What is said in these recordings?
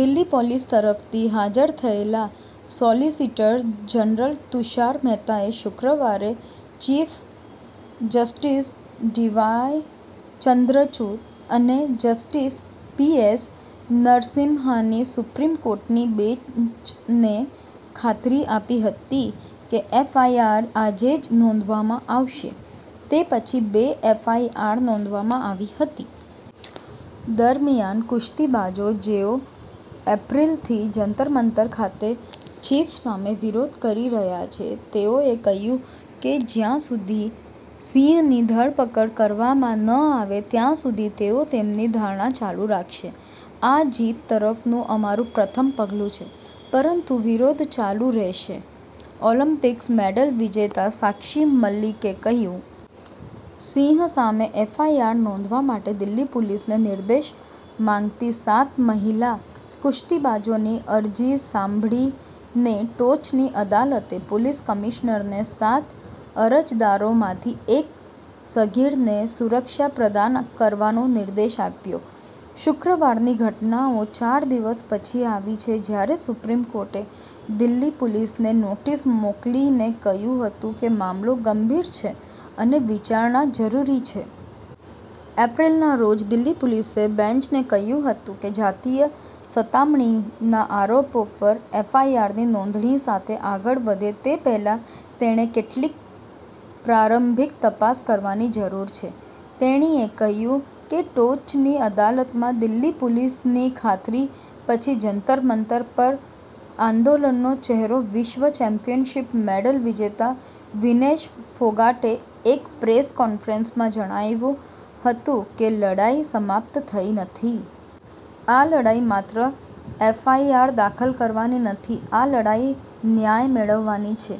Delhi police તરફથી હાજર થયેલા સોલિસિટર જનરલ તુષાર મહેતાએ શુક્રવારે ચીફ જસ્ટિસ ડીવાય ચંદ્રચુડ અને જસ્ટિસ પીએસ નરસિમ્હાની સુપ્રીમ કોર્ટની બેંચને ખાતરી આપી હતી કે એફઆઈઆર "આજે જ નોંધવામાં આવશે" તે પછી બે એફઆઈઆર નોંધવામાં આવી હતી. દરમિયાન કુસ્તીબાજો જેઓ એપ્રિલથી જંતર-મંતર ખાતે ચીફ સામે વિરોધ કરી રહ્યાં છે, તેઓએ કહ્યું કે જ્યાં સુધી સિંહની ધરપકડ કરવામાં ન આવે ત્યાં સુધી તેઓ તેમની ધરણા ચાલુ રાખશે. "આ જીત તરફનું અમારું પ્રથમ પગલું છે, પરંતુ વિરોધ ચાલુ રહેશે," ઓલિમ્પિક મેડલ વિજેતા સાક્ષી મલિકે કહ્યું. સિંઘ સામે એફઆઈઆર નોંધવા માટે દિલ્હી પોલીસને નિર્દેશ માંગતી સાત મહિલા કુસ્તીબાજોની અરજી સાંભળીને, ટોચની અદાલતે પોલીસ કમિશનરને સાત અરજદારોમાંથી એક સગીરને સુરક્ષા પ્રદાન કરવાનો નિર્દેશ આપ્યો. શુક્રવારની ઘટનાઓ ચાર દિવસ પછી આવી છે જ્યારે સુપ્રીમ કોર્ટે દિલ્હી પોલીસને નોટિસ મોકલીને કહ્યું હતું કે મામલો "ગંભીર" છે અને વિચારણા જરૂરી છે. એપ્રિલના રોજ દિલ્હી પોલીસે બેંચને કહ્યું હતું કે જાતીય સતામણીના આરોપો પર એફઆઈઆરની નોંધણી સાથે આગળ વધે તે પહેલાં તેણે કેટલીક પ્રારંભિક તપાસ કરવાની જરૂર છે. તેણીએ કહ્યું કે ટોચની અદાલતમાં દિલ્હી પોલીસની ખાતરી પછી જંતર-મંતર પર આંદોલનનો ચહેરો વિશ્વ ચેમ્પિયનશિપ મેડલ વિજેતા વિનેશ ફોગાટે એક પ્રેસ કોન્ફરન્સમાં જણાવ્યું હતું કે લડાઈ સમાપ્ત થઈ નથી. "આ લડાઈ માત્ર એફઆઈઆર દાખલ કરાવવાની નથી. આ લડાઈ ન્યાય મેળવવાની છે,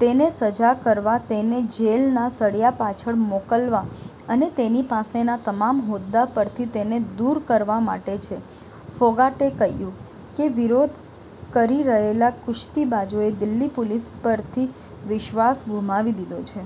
તેને સજા કરવા તેને જેલના સળિયા પાછળ મોકલવા અને તેની પાસેના તમામ હોદ્દા પરથી તેને દૂર કરવા માટે છે," ફોગાટે કહ્યું કે વિરોધ કરી રહેલા કુસ્તીબાજોએ દિલ્હી પોલીસ પરથી વિશ્વાસ ગુમાવી દીધો છે.